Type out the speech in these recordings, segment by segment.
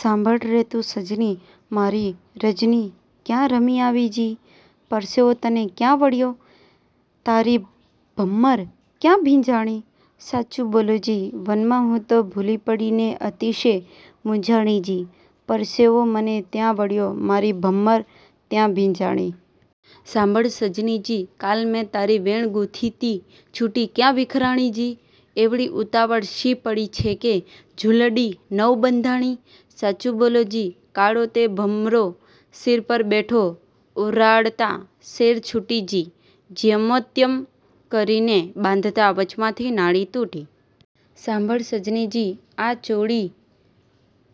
સાંભળ રે તું સજની! મારી, રજની ક્યાં રમી આવી જી? પરસેવો તને ક્યાં વળ્યો? તારી ભમ્મર ક્યાં ભીંજાણી? સાચું બોલો જી! વનમાં હું તો ભૂલી પડી ને અતિશે મૂંઝાણી જી; પરસેવો મને ત્યાં વળ્યો મારી ભમ્મર ત્યાં ભીંજાણી. સાંભળ સજની જી! કાલ મેં તારી વેણ ગૂંથી તી છૂટી ક્યાં વિખરાણી જી? એવડી ઉતાવળ શી પડી છે કે ઝૂલડી નવ બંધાણી? સાચું બોલો જી! કાળો તે ભમરો શિર પર બેઠો, ઉરાડતાં સેર છૂટી જી, જ્યમત્યમ કરીને બાંધતાં વચમાંથી નાડી તૂટી. સાંભળ સજની જી! આ ચોળી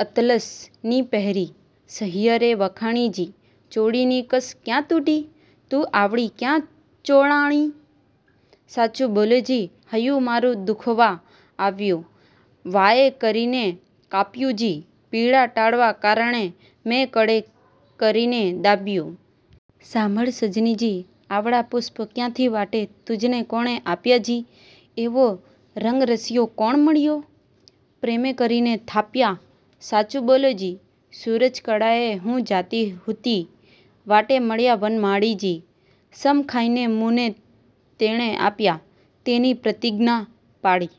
અતલસ ની પહેરી, સહિયરે વખાણી જી; ચોળીની કસ ક્યાં તૂટી? તું આવડી ક્યાં ચોળાણી? સાચું બોલો જી! હૈયું મારું દુખવા આવ્યું, વાએ કરીને કાપ્યું જી, પીડા ટાળવા કારણે મેં કળે કરીને દાબ્યું. સાંભળ સજની જી! આવડાં પુષ્પ ક્યાંથી વાટે તુજને કોણે આપ્યાં જી? એવો રંગરસિયો કોણ મળિયો? પ્રેમે કરીને થાપ્યાં. સાચું બોલો જી! સૂરજકળાએ હું જાતી હુતી, વાટે મળ્યા વનમાળી જી, સમ ખાઈને મુને તેણે આપ્યાં, તેની પ્રતિજ્ઞા પાળી.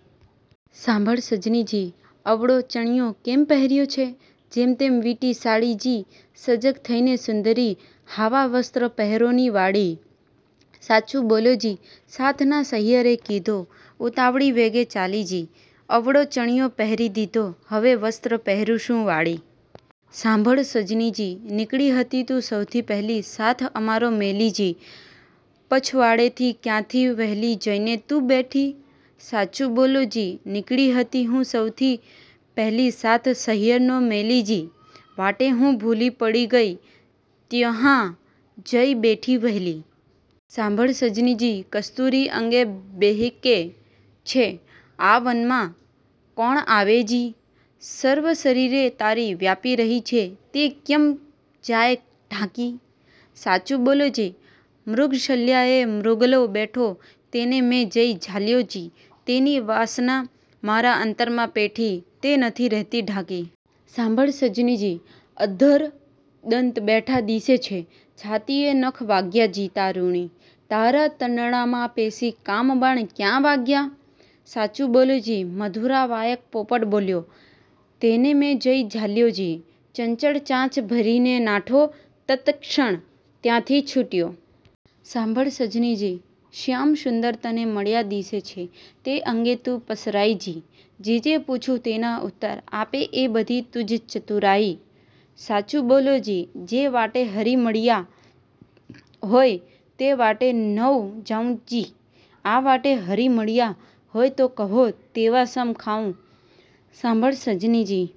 સાંભળ સજની જી! અવળો ચણિયો કેમ પહેર્યો છે? જેમતેમ વીંટી સાડી જી, સજક થઈને સુંદરી! હાવાં વસ્ત્ર પહેરોની વાળી. સાચું બોલો જી! સાથ ના સહિયરે કીધો, ઉતાવળી વેગે ચાલી જી, અવળો ચણિયો પહેરી દીધો, હવે વસ્ત્ર પહેરીશું વાળી. સાંભળ સજની જી! નીકળી હતી તું સૌથી પહેલી સાથ અમારો મેલી જી, પછવાડેથી ક્યાંથી વહેલી જઈને તું બેઠી? સાચું બોલો જી! નીકળી હતી હું સૌથી પહેલી સાથ સહિયરનો મેલી જી. વાટે હું ભૂલી પડી ગઈ, ત્યહાં જઈ બેઠી વ્હેલી. સાંભળ સજની જી! કસ્તૂરી અંગે બ્હેકે છે, આ વનમાં કોણ આવે જી? સર્વ શરીરે તારે વ્યાપી રહી છે તે ક્યમ જાયે ઢાંકી? સાચું બોલો જી! મૃગશલ્યાએ મૃગલો બેઠો તેને મેં જઈ ઝાલ્યો જી, તેની વાસના મારા અંતરમાં પેઠી, તે નથી રહેતી ઢાંકી. સાંભળ સજની જી! અધર દંત બેઠા દીસે છે, છાતીએ નખ વાગ્યા જી, તારુણી! તારા તનડામાં પેસી કામબાણ ક્યાં વાગ્યાં? સાચું બોલો જી! 'મધુરાં વાયક પોપટ બોલ્યો, તેને મેં જઈ ઝાલ્યો જી, ચંચળ ચાંચ ભરીને નાઠો, તત્ક્ષણ ત્યાંથી છૂટ્યો. સાંભળ સજની જી! શ્યામસુંદર તને મળ્યા દીસે છે તે અંગે તું પસરાઈ જી, જે જે પૂછું તેના ઉત્તર આપે એ બધી તુજ ચતુરાઈ! સાચું બોલો જી! જે વાટે હરિ મળિયા હોયે તે વાટે નવ જાઉં જી, આ વાટે હરિ મળિયા હોય તો કહો તેવા સમ ખાઉં. સાંભળ સજની જી!